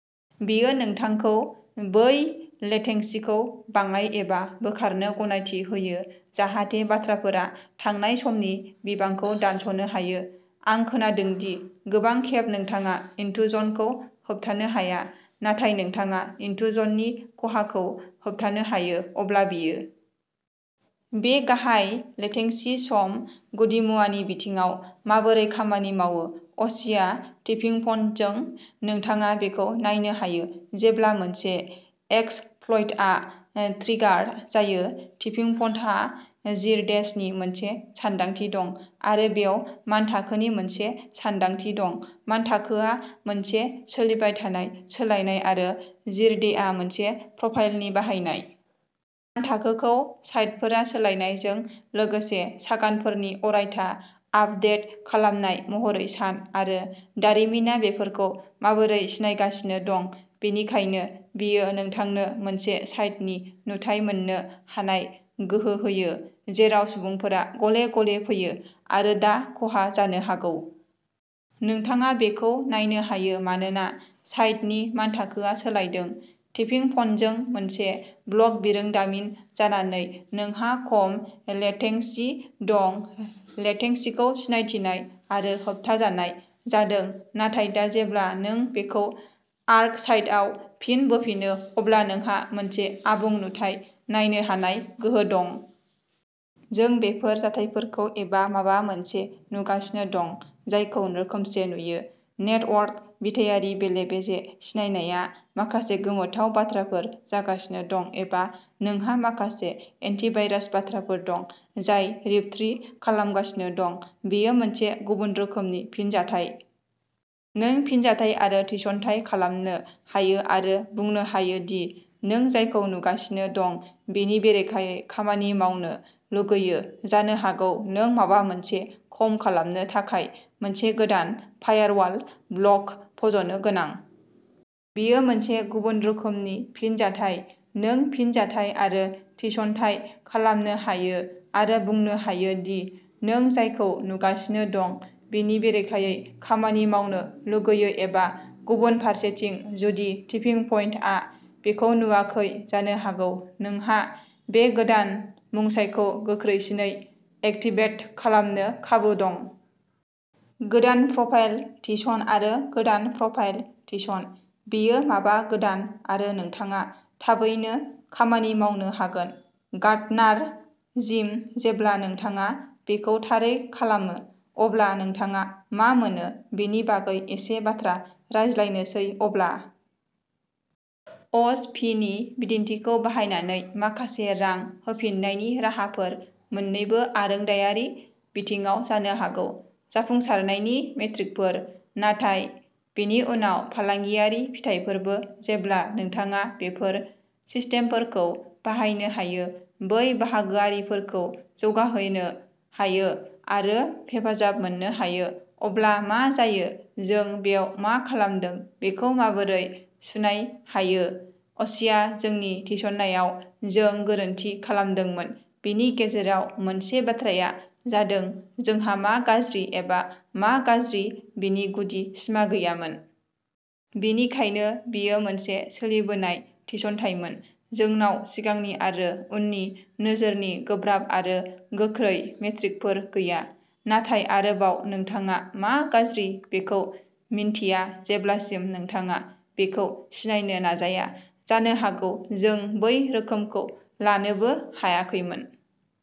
बेयो नोंथांखौ बै लेटेंसीखौ बाङाइ एबा बोखारनो गनायथि होयो जाहाथे बाथ्राफोरा थांनाय समनि बिबांखौ दानस'नो हायो। आं खोनादों दि गोबां खेब नोंथाङा इन्ट्रुजनखौ होबथानो हाया नाथाय नोंथाङा इन्ट्रुजननि खहाखौ होबथानो हायो। अब्ला बेयो बे गाहाय लेटेंसी सम गुदिमुवानि बिथिङाव माबोरै खामानि मावो अशीया टिपिंप'न्टजों नोंथाङा बेखौ नायनो हायो जेब्ला मोनसे एक्सप्लइटआ ट्रिगार जायो टिपिंप'न्टहा जिर'डेजनि मोनसे सानदांथि दं आरो बेयाव मानथाखोनि मोनसे सानदांथि दं मानथाखोआ मोनसे सोलिबाय थानाय सोलायनाय आरो जिर'डेआ मोनसे प्रफाइलनि बाहायनाय। मानथाखोखौ साइतफोरा सोलायनायजों लोगोसे सागानफोरनि अरायथा आपदेट खालामनाय महरै सान आरो दारिमिनआ बेफोरखौ माबोरै सिनायगासिनो दं। बेनिखायनो बेयो नोंथांनो मोनसे साइटनि नुथाय मोन्नो हानाय गोहो होयो जेराव सुबुंफोरा गले गले फैयो आरो दा खहा जानो हागौ। नोंथाङा बेखौ नायनो हायो मानोना साइटनि मानथाखोआ सोलायदों। टिपिंप'न्टजों मोनसे ब्लक बिरोंदामिन जानानै नोंहा खम लेटेंसी दं लेटेंसीखौ सिनायथिनाय आरो होबथाजानाय जादों नाथाय दा जेब्ला नों बेखौ आर्कसाइटआव फिन बोफिनो अब्ला नोंहा मोनसे आबुं नुथाय नायनो हानाय गोहो दं। जों बेफोर जाथायफोरखौ एबा माबा मोनसे नुगासिनो दं जायखौ रोखोमसे नुयो। नेटवर्क बिथायारि बेले बेजे सिनायनाया माखासे गोमोथाव बाथ्राफोर जागासिनो दं एबा नोंहा माखासे एन्टिभाइरास बाथ्राफोर दं जाय रिपर्टिं खालामगासिनो दं। बेयो मोनसे गुबुन रोखोमनि फिनजाथाय। नों फिनजाथाय आरो थिसनथाइ खालामनो हायो आरो बुंनो हायो दि नों जायखौ नुगासिनो दं बिनि बेरेखायै खामानि मावनो लुगैयो। जानो हागौ नों माबा मोनसे खम खालामनो थाखाय मोनसे गोदान फायारवाल ब्लक फज'नो गोनां। बेयो मोनसे गुबुन रोखोमनि फिनजाथाय। नों फिनजाथाय आरो थिसनथाइ खालामनो हायो आरो बुंनो हायो दि नों जायखौ नुगासिनो दं बिनि बेरेखायै खामानि मावनो लुगैयो एबा गुबुन फारसेथिं जुदि टिपिंपइन्टआ बेखौ नुवाखै जानो हागौ नोंहा बे गोदान मुंसाइखौ गोख्रैसिनै एक्टिभेट खालामनो खाबु दं। गोदान प्रफाइल थिसन आरो गोदान प्रफाइल थिसन। बेयो माबा गोदान आरो नोंथाङा थाबैनो खामानि मावनो हागोन। गार्डनार जिम जेब्ला नोंथाङा बेखौ थारै खालामो अब्ला नोंथाङा मा मोनो बेनि बागै एसे बाथ्रा रायज्लायनोसै अब्ला ओस पि नि बिदिन्थिखौ बाहायनानै माखासे रां होफिन्नायनि राहाफोर मोननैबो आरोंदायारि बिथिङाव जानो हागौ जाफुंसारनायनि मेट्रिकफोर नाथाय बेनि उनाव फालांगियारि फिथायफोरबो जेब्ला नोंथाङा बेफोर सिस्टेमफोरखौ बाहायनो हायो बै बाहागोआरिफोरखौ जौगाहोनो हायो आरो हेफाजाब मोननो हायो अब्ला मा जायो जों बेयाव मा खालामदों बेखौ माबोरै सुनाय हायो अ'शीया जोंनि थिसननायाव जों गोरोन्थि खालामदोंमोन बेनि गेजेराव मोनसे बाथ्राया जादों जोंहा मा गाज्रि एबा मा गाज्रि बेनि गुदि सिमा गैयामोन। बेनिखायनो बेयो मोनसे सोलिबोनाय थिसनथायमोन जोंनाव सिगांनि आरो उननि नोजोरनि गोब्राब आरो गोख्रै मेट्रिकफोर गैया। नाथाय आरोबाव नोंथाङा मा गाज्रि बेखौ मिन्थिया जेब्लासिम नोंथाङा बेखौ सिनायनो नाजाया। जानो हागौ जों बै रोखोमखौ लानोबो हायाखैमोन।